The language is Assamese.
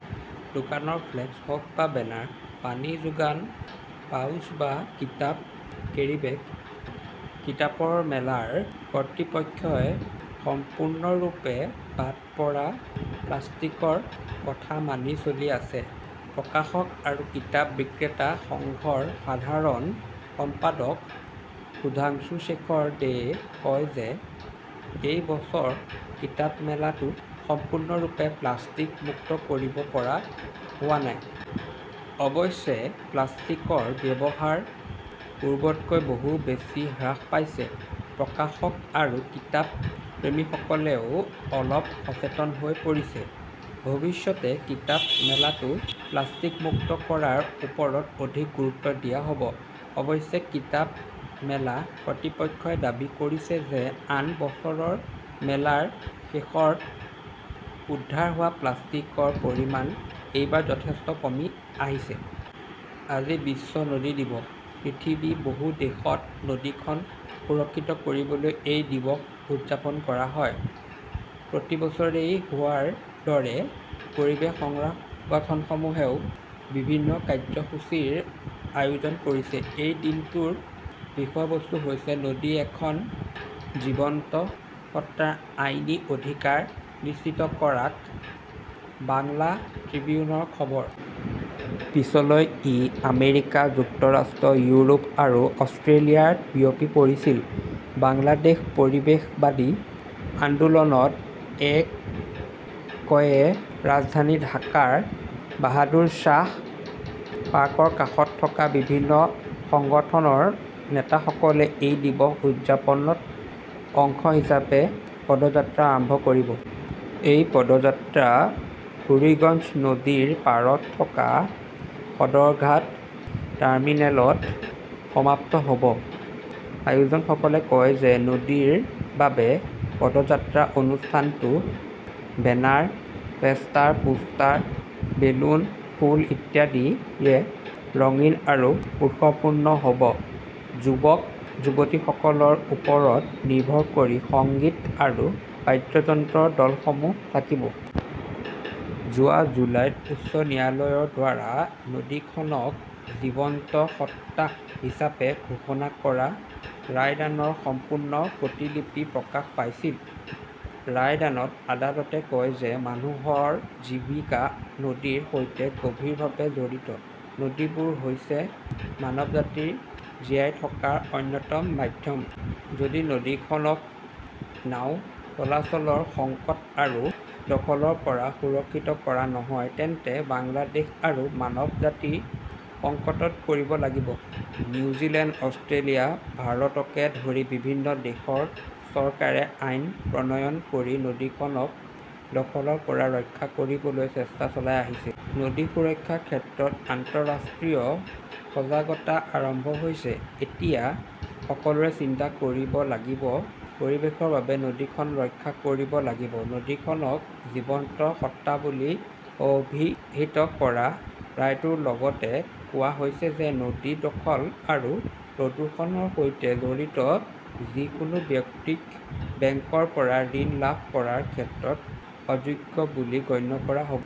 দোকানৰ ফ্লেক্স হওক বা বেনাৰ, পানী যোগান পাউচ বা কিতাপৰ কেৰিবেগ, কিতাপৰ মেলাৰ কৰ্তৃপক্ষই সম্পূৰ্ণৰূপে বাদ পৰা প্লাষ্টিকৰ কথা মানি চলি আছে। প্ৰকাশক আৰু কিতাপ বিক্ৰেতা সংঘৰ সাধাৰণ সম্পাদক সুধাংশুশেখৰ দেয়ে কয় যে এই বছৰ কিতাপ মেলাটো সম্পূৰ্ণৰূপে প্লাষ্টিক মুক্ত কৰিব পৰা হোৱা নাই। অৱশ্যে, প্লাষ্টিকৰ ব্যৱহাৰ পূৰ্বতকৈ বহু বেছি হ্ৰাস পাইছে। প্ৰকাশক আৰু কিতাপ প্ৰেমীসকলেও অলপ সচেতন হৈ পৰিছে। ভৱিষ্যতে কিতাপ মেলাটো প্লাষ্টিক মুক্ত কৰাৰ ওপৰত অধিক গুৰুত্ব দিয়া হ'ব। অৱশ্যে, কিতাপ মেলা কৰ্তৃপক্ষই দাবী কৰিছে যে আন বছৰৰ মেলাৰ শেষত উদ্ধাৰ হোৱা প্লাষ্টিকৰ পৰিমাণ এইবাৰ যথেষ্ট কমি আহিছে। আজি বিশ্ব নদী দিৱস। পৃথিৱীৰ বহু দেশত নদীখন সুৰক্ষিত কৰিবলৈ এই দিৱস উদযাপন কৰা হয়। প্ৰতিবছৰেই হোৱাৰ দৰে পৰিৱেশ সংগঠনসমূহেও বিভিন্ন কাৰ্যসূচীৰ আয়োজন কৰিছে। এই দিনটোৰ বিষয়বস্তু হৈছে নদী এখন জীৱন্ত সত্তাৰ আইনী অধিকাৰ নিশ্চিত কৰাক বাংলা ট্ৰিবিউনৰ খবৰ। পিছলৈ ই আমেৰিকা যুক্তৰাষ্ট্ৰ, ইউৰোপ আৰু অষ্ট্ৰেলিয়াত বিয়পি পৰিছিল। বাংলাদেশ পৰিৱেশবাদী আন্দোলনত এ কয় য়ে ৰাজধানী ঢাকাৰ বাহাদুৰ শ্বাহ পাৰ্কৰ কাষত থকা বিভিন্ন সংগঠনৰ নেতাসকলে এই দিৱস উদযাপনত অংশ হিচাপে পদযাত্ৰা আৰম্ভ কৰিব। এই পদযাত্ৰা বুৰিগঞ্জ নদীৰ পাৰত থকা সদৰঘাট টাৰ্মিনেলত সমাপ্ত হ'ব। আয়োজকসকলে কয় যে নদীৰ বাবে পদযাত্ৰা অনুষ্ঠানটো বেনাৰ, ফেস্টা, পোষ্টাৰ, বেলুন, ফুল ইত্যাদিৰে ৰঙীন আৰু উৎসৱপূৰ্ণ হ'ব। যুৱক-যুৱতীসকলৰ ওপৰত নিৰ্ভৰ কৰি সংগীত আৰু বাদ্যযন্ত্ৰৰ দলসমূহ থাকিব। যোৱা জুলাইত উচ্চ ন্যায়ালয়ৰ দ্বাৰা নদীখনক 'জীৱন্ত সত্তা' হিচাপে ঘোষণা কৰা ৰায়দানৰ সম্পূৰ্ণ প্ৰতিলিপি প্ৰকাশ পাইছিল। ৰায়দানত আদালতে কয় যে মানুহৰ জীৱিকা নদীৰ সৈতে গভীৰভাৱে জড়িত। নদীবোৰ হৈছে মানৱজাতিৰ জীয়াই থকাৰ অন্যতম মাধ্যম। যদি নদীখনক নাওঁ চলাচলৰ সংকট আৰু দখলৰ পৰা সুৰক্ষিত কৰা নহয়, তেন্তে বাংলাদেশ আৰু মানৱজাতি সংকটত পৰিব লাগিব। নিউজিলেণ্ড, অষ্ট্ৰেলিয়া, ভাৰতকে ধৰি বিভিন্ন দেশৰ চৰকাৰে আইন প্ৰণয়ন কৰি নদীখনক দখলৰ পৰা ৰক্ষা কৰিবলৈ চেষ্টা চলাই আছে। নদী সুৰক্ষাৰ ক্ষেত্ৰত আন্তঃৰাষ্ট্ৰীয় সজাগতা আৰম্ভ হৈছে, এতিয়া সকলোৱে চিন্তা কৰিব লাগিব পৰিৱেশৰ বাবে নদীখন ৰক্ষা কৰিব লাগিব। নদীখনক জীৱন্ত সত্তা বুলি অভিহিত কৰা ৰায়টোত লগতে কোৱা হৈছে যে নদী দখল আৰু প্ৰদূষণৰ সৈতে জড়িত যিকোনো ব্যক্তিক বেংকৰ পৰা ঋণ লাভ কৰাৰ ক্ষেত্ৰত অযোগ্য বুলি গণ্য কৰা হ'ব।